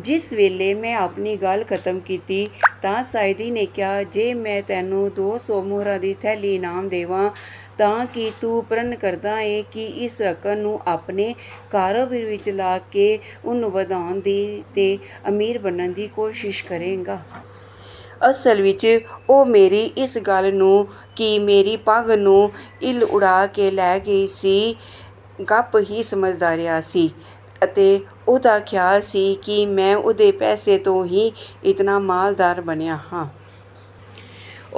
" ਜਿਸ ਵੇਲੇ ਮੈਂ ਆਪਣੀ ਗੱਲ ਖ਼ਤਮ ਕੀਤੀ, ਤਾਂ ਸਾਅਦੀ ਨੇ ਕਿਹਾ, "ਜੇ ਮੈਂ ਤੈਨੂੰ ਦੋ ਸੌ ਮੁਹਰਾਂ ਦੀ ਥੈਲੀ ਇਨਾਮ ਦੇਵਾਂ, ਤਾਂ ਕੀ ਤੂੰ ਪਰਣ ਕਰਦਾ ਏਂ ਕਿ ਇਸ ਰਕਮ ਨੂੰ ਆਪਣੇ ਕਾਰੋਬਾਰ ਵਿਚ ਲਾ ਕੇ ਉਹਨੂੰ ਵਧਾਉਣ ਦੀ ਤੇ ਅਮੀਰ ਬਣਨ ਦੀ ਕੋਸ਼ਿਸ਼ ਕਰੇਂਗਾ? ਅਸਲ ਵਿਚ ਉਹ ਮੇਰੀ ਇਸ ਗੱਲ ਨੂੰ ਕਿ ਮੇਰੀ ਪੱਗ ਨੂੰ ਇੱਲ ਉਡਾ ਕੇ ਲੈ ਗਈ ਸੀ, ਗੱਪ ਹੀ ਸਮਝਦਾ ਰਿਹਾ ਸੀ ਅਤੇ ਉਹਦਾ ਖ਼ਿਆਲ ਸੀ ਕਿ ਮੈਂ ਉਹਦੇ ਪੈਸੇ ਤੋਂ ਹੀ ਇਤਨਾ ਮਾਲਦਾਰ ਬਣਿਆ ਹਾਂ।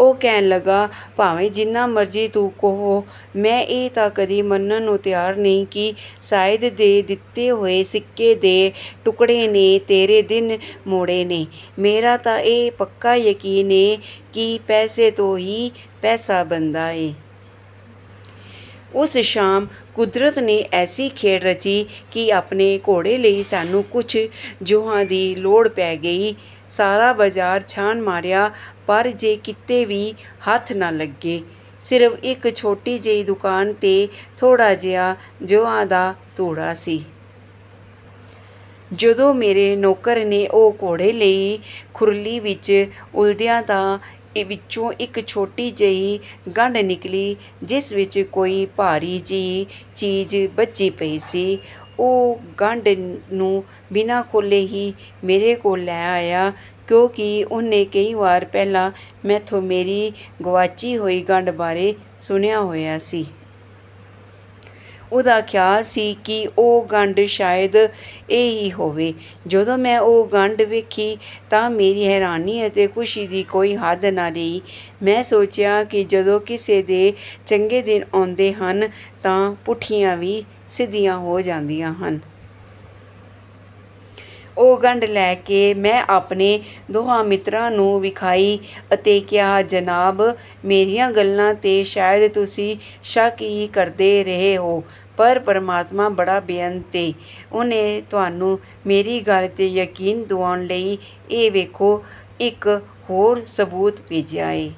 ਉਹ ਕਹਿਣ ਲੱਗਾ, 'ਭਾਵੇਂ ਜਿੰਨਾ ਮਰਜ਼ੀ ਤੂੰ ਕਹੁ, ਮੈਂ ਇਹ ਤਾਂ ਕਦੀ ਮੰਨਣ ਨੂੰ ਤਿਆਰ ਨਹੀਂ ਕਿ ਸਾਅਦ ਦੇ ਦਿੱਤੇ ਹੋਏ ਸਿੱਕੇ ਦੇ ਟੁਕੜੇ ਨੇ ਤੇਰੇ ਦਿਨ ਮੋੜੇ ਨੇ। ਮੇਰਾ ਤਾਂ ਇਹ ਪੱਕਾ ਯਕੀਨ ਏ ਕਿ ਪੈਸੇ ਤੋਂ ਹੀ ਪੈਸਾ ਬਣਦਾ ਏ। ਉਸ ਸ਼ਾਮ ਕੁਦਰਤ ਨੇ ਐਸੀ ਖੇਡ ਰਚੀ ਕਿ ਆਪਣੇ ਘੋੜੇ ਲਈ ਸਾਨੂੰ ਕੁਝ ਜੌਆਂ ਦੀ ਲੋੜ ਪੈ ਗਈ। ਸਾਰਾ ਬਾਜ਼ਾਰ ਛਾਣ ਮਾਰਿਆ ਪਰ ਜੇ ਕਿਤੇ ਵੀ ਹਥ ਨ ਲਗੇ। ਸਿਰਫ਼ ਇਕ ਛੋਟੀ ਜਿਹੀ ਦੁਕਾਨ ਤੇ ਥੋੜ੍ਹਾ ਜਿਹਾ ਜੌਆਂ ਦਾ ਧੂੜਾ ਸੀ। ਜਦੋਂ ਮੇਰੇ ਨੌਕਰ ਨੇ ਉਹ ਘੋੜੇ ਲਈ ਖੁਰਲੀ ਵਿਚ ਉਲੱਦਿਆ ਤਾਂ ਵਿੱਚੋਂ ਇਕ ਛੋਟੀ ਜਹੀ ਗੰਢ ਨਿਕਲੀ ਜਿਸ ਵਿਚ ਕੋਈ ਭਾਰੀ ਜਿਹੀ ਚੀਜ਼ ਬੱਝੀ ਪਈ ਸੀ। ਉਹ ਗੰਢ ਨੂੰ ਬਿਨਾਂ ਖੋਲ੍ਹੇ ਹੀ ਮੇਰੇ ਕੋਲ ਲੈ ਆਇਆ ਕਿਉਂਕਿ ਉਹਨੇ ਕਈ ਵਾਰ ਪਹਿਲਾਂ ਮੈਥੋਂ ਮੇਰੀ ਗਵਾਚੀ ਹੋਈ ਗੰਢ ਬਾਰੇ ਸੁਣਿਆ ਹੋਇਆ ਸੀ। ਉਹਦਾ ਖ਼ਿਆਲ ਸੀ ਕਿ ਉਹ ਗੰਢ ਸ਼ਾਇਦ ਇਹ ਹੀ ਹੋਵੇ। ਜਦੋਂ ਮੈਂ ਉਹ ਗੰਢ ਵੇਖੀ ਤਾਂ ਮੇਰੀ ਹੈਰਾਨੀ ਅਤੇ ਖੁਸ਼ੀ ਦੀ ਕੋਈ ਹੱਦ ਨ ਰਹੀ। ਮੈਂ ਸੋਚਿਆ ਕਿ ਜਦੋਂ ਕਿਸੇ ਦੇ ਚੰਗੇ ਦਿਨ ਆਉਂਦੇ ਹਨ ਤਾਂ ਪੁੱਠੀਆਂ ਵੀ ਸਿੱਧੀਆਂ ਹੋ ਜਾਂਦੀਆਂ ਹਨ। ਉਹ ਗੰਢ ਲੈ ਕੇ ਮੈਂ ਆਪਣੇ ਦੋਹਾਂ ਮਿੱਤਰਾਂ ਨੂੰ ਵਿਖਾਈ ਅਤੇ ਕਿਹਾ, "ਜਨਾਬ, ਮੇਰੀਆਂ ਗੱਲਾਂ ਤੇ ਸ਼ਾਇਦ ਤੁਸੀਂ ਸ਼ਕ ਈ ਕਰਦੇ ਰਹੇ ਓ ਪਰ ਪਰਮਾਤਮਾ ਬੜਾ ਬੇਅੰਤ ਏ! ਉਹਨੇ ਤੁਹਾਨੂੰ ਮੇਰੀ ਗਲ ਤੇ ਯਕੀਨ ਦਿਵਾਉਣ ਲਈ ਇਹ ਵੇਖੋ ਇਕ ਹੋਰ ਸਬੂਤ ਭੇਜਿਆ ਏ।